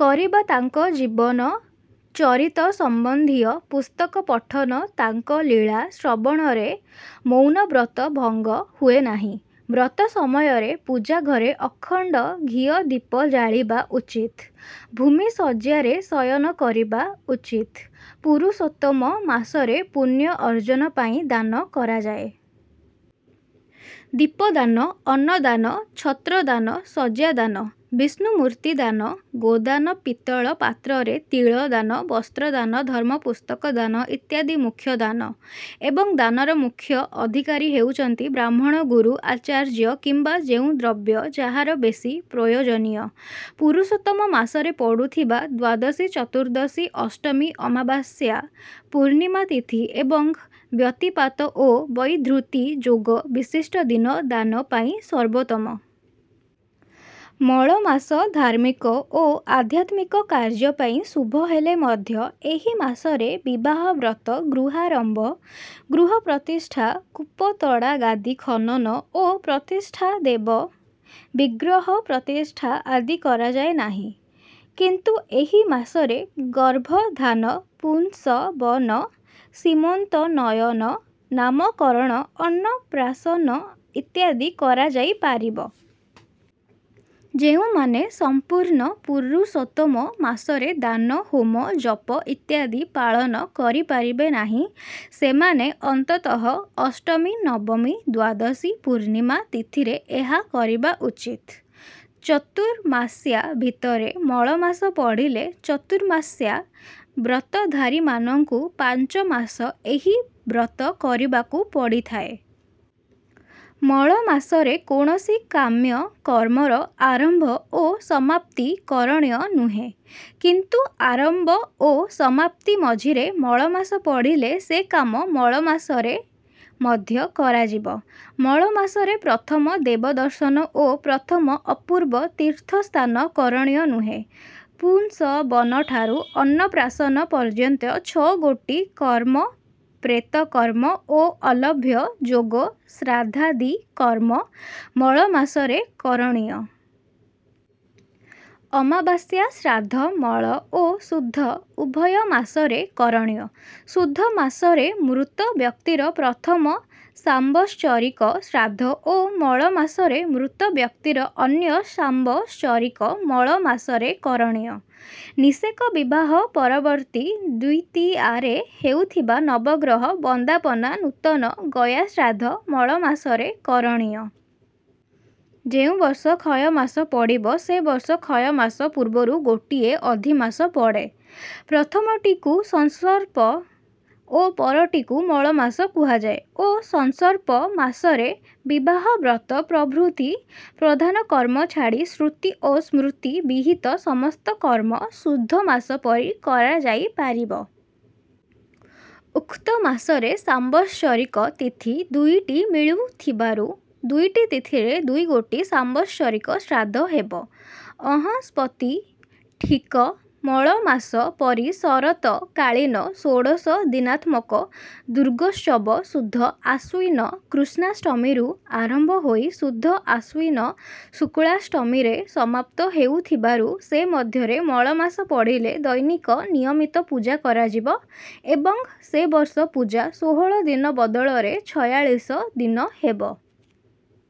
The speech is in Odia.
କରିବା ତାଙ୍କ ଜୀବନ ଚରିତ ସମ୍ବନ୍ଧୀୟ ପୁସ୍ତକ ପଠନ ତାଙ୍କ ଲୀଳା ଶ୍ରବଣରେ ମୌନବ୍ରତ ଭଙ୍ଗ ହୁଏନାହିଁ। ବ୍ରତ ସମୟରେ ପୂଜା ଘରେ ଅଖଣ୍ଡ ଘିଅ ଦୀପ ଜାଳିବା ଉଚିତ। ଭୂମି ଶଯ୍ୟାରେ ଶୟନ କରିବା ଉଚିତ। ପୁରୁଷୋତ୍ତମ ମାସରେ ପୂଣ୍ୟ ଅର୍ଜନ ପାଇଁ ଦାନ କରାଯାଏ। ଦୀପଦାନ ଅନ୍ନଦାନ ଛତ୍ରଦାନ ଶଯ୍ୟାଦାନ ବିଷ୍ଣୁମୁର୍ତ୍ତି ଦାନ ଗୋଦାନ ପିତ୍ତଳ ପାତ୍ରରେ ତିଳଦାନ ବସ୍ତ୍ରଦାନ ଧର୍ମପୁସ୍ତକ ଦାନ ଇତ୍ୟାଦି ମୁଖ୍ୟ ଦାନ ଏବଂ ଦାନର ମୁଖ୍ୟ ଅଧିକାରୀ ହେଉଛନ୍ତି ବ୍ରାହ୍ମଣ ଗୁରୁ ଆଚାର୍ଯ୍ୟ କିମ୍ବା ଯେଉଁ ଦ୍ରବ୍ୟ ଯାହାର ବେଶୀ ପ୍ରୟୋଜନୀୟ। ପୁରୁଷୋତ୍ତମ ମାସରେ ପଡୁଥିବା ଦ୍ୱାଦଶୀ ଚତୁର୍ଦ୍ଦଶୀ ଅଷ୍ଟମୀ ଅମାବାସ୍ୟା ପୂର୍ଣିମା ତିଥି ଏବଂ ବ୍ୟତିପାତ ଓ ବୈଧୃତି ଯୋଗ ବିଶିଷ୍ଟ ଦିନ ଦାନ ପାଇଁ ସର୍ବୋତ୍ତମ। ମଳ ମାସ ଧାର୍ମିକ ଓ ଆଧ୍ୟାତ୍ମିକ କାର୍ଯ୍ୟ ପାଇଁ ଶୁଭ ହେଲେ ମଧ୍ୟ ଏହି ମାସରେ ବିବାହ ବ୍ରତ ଗୃହାରମ୍ଭ ଗୃହପ୍ରତିଷ୍ଠା କୂପତଡ଼ାଗାଦି ଖନନ ଓ ପ୍ରତିଷ୍ଠା ଦେବ ବିଗ୍ରହ ପ୍ରତିଷ୍ଠା ଆଦି କରାଯାଏ ନାହିଁ କିନ୍ତୁ ଏହି ମାସରେ ଗର୍ଭଧାନ ପୁଂସବନ ସିମନ୍ତୋନ୍ନୟନ ନାମକରଣ ଅନ୍ନପ୍ରାଶନ ଇତ୍ୟାଦି କରାଯାଇ ପାରିବ। ଯେଉଁମାନେ ସମ୍ପୁର୍ଣ୍ଣ ପୁରୁଷୋତ୍ତମ ମାସରେ ଦାନ ହୋମ ଜପ ଇତ୍ୟାଦି ପାଳନ କରିପାରିବେ ନାହିଁ ସେମାନେ ଅନ୍ତତଃ ଅଷ୍ଟମୀ ନବମୀ ଦ୍ୱାଦଶୀ ପୂର୍ଣ୍ଣିମା ତିଥିରେ ଏହା କରିବା ଉଚିତ। ଚତୁର୍ମାସ୍ୟା ଭିତରେ ମଳମାସ ପଡ଼ିଲେ ଚତୁର୍ମାସ୍ୟା ବ୍ରତଧାରୀମାନଙ୍କୁ ପାଞ୍ଚ ମାସ ଏହି ବ୍ରତ କରିବାକୁ ପଡ଼ିଥାଏ। ମଳମାସରେ କୌଣସି କାମ୍ୟ କର୍ମର ଆରମ୍ଭ ଓ ସମାପ୍ତି କରଣୀୟ ନୁହେଁ କିନ୍ତୁ ଆରମ୍ବ ଓ ସମାପ୍ତି ମଝିରେ ମଳମାସ ପଡ଼ିଲେ ସେ କାମ ମଳମାସରେ ମଧ୍ୟ କରାଯିବ। ମଳମାସରେ ପ୍ରଥମ ଦେବଦର୍ଶନ ଓ ପ୍ରଥମ ଅପୂର୍ବ ତୀର୍ଥସ୍ନାନ କରଣୀୟ ନୁହେଁ। ପୁଂସବନଠାରୁ ଅନ୍ନପ୍ରାଶନ ପର୍ଯ୍ୟନ୍ତ ଛଅ ଗୋଟି କର୍ମ ପ୍ରେତ କର୍ମ ଓ ଅଲଭ୍ୟ ଯୋଗ ଶ୍ରାଦ୍ଧାଦି କର୍ମ ମଳମାସରେ କରଣୀୟ। ଅମାବାସ୍ୟା ଶ୍ରାଦ୍ଧ ମଳ ଓ ଶୁଦ୍ଧ ଉଭୟ ମାସରେ କରଣୀୟ। ଶୁଦ୍ଧ ମାସରେ ମୃତ ବ୍ୟକ୍ତିର ପ୍ରଥମ ସାମ୍ବତ୍ସରିକ ଶ୍ରାଦ୍ଧ ଓ ମଳମାସରେ ମୃତ ବ୍ୟକ୍ତିର ଅନ୍ୟ ସାମ୍ବତ୍ସରିକ ମଳ ମାସରେ କରଣୀୟ। ନିଷେକ ବିବାହ ପରବର୍ତ୍ତୀ ଦ୍ୱିତୀୟାରେ ହେଉଥିବା ନବଗ୍ରହ ବନ୍ଦାପନା ନୂତନ ଗୟାଶ୍ରାଦ୍ଧ ମଳମାସରେ କରଣୀୟ। ଯେଉଁ ବର୍ଷ କ୍ଷୟମାସ ପଡ଼ିବ ସେ ବର୍ଷ କ୍ଷୟମାସ ପୂର୍ବରୁ ଗୋଟିଏ ଅଧିମାସ ପଡ଼େ। ପ୍ରଥମଟିକୁ ସଂସର୍ପ ଓ ପରଟିକୁ ମଳମାସ କୁହାଯାଏ। ସଂସର୍ପ ମାସରେ ବିବାହ ବ୍ରତ ପ୍ରଭୃତି ପ୍ରଧାନ କର୍ମ ଛାଡ଼ି ଶ୍ରୁତି ଓ ସ୍ମୃତି ବିହିତ ସମସ୍ତ କର୍ମ ଶୁଦ୍ଧମାସ ପରି କରାଯାଇପାରିବ। ଉକ୍ତ ମାସରେ ସାମ୍ବତ୍ସରିକ ତିଥି ଦୁଇଟି ମିଳୁଥିବାରୁ ଦୁଇଟି ତିଥିରେ ଦୁଇଗୋଟି ସାମ୍ବତ୍ସରିକ ଶ୍ରାଦ୍ଧ ହେବ। ଅଂହସ୍ପତି ଠିକ ମଳମାସ ପରି ଶରତ କାଳୀନ ଷୋଡଶଦିନାତ୍ମକ ଦୁର୍ଗୋତ୍ସବ ଶୁଦ୍ଧ ଆଶ୍ୱୀନ କୃଷ୍ଣାଷ୍ଟମୀରୁ ଆରମ୍ଭ ହୋଇ ଶୁଦ୍ଧ ଆଶ୍ୱିନ ଶୁକ୍ଲାଷ୍ଟମୀରେ ସମାପ୍ତ ହେଉଥିବାରୁ ସେ ମଧ୍ୟରେ ମଳମାସ ପଡ଼ିଲେ ଦୈନିକ ନିୟମିତ ପୂଜା କରାଯିବ ଏବଂ ସେ ବର୍ଷ ପୂଜା ଷୋହଳ ଦିନ ବଦଳରେ ଛୟାଳିଶ ଦିନ ହେବ।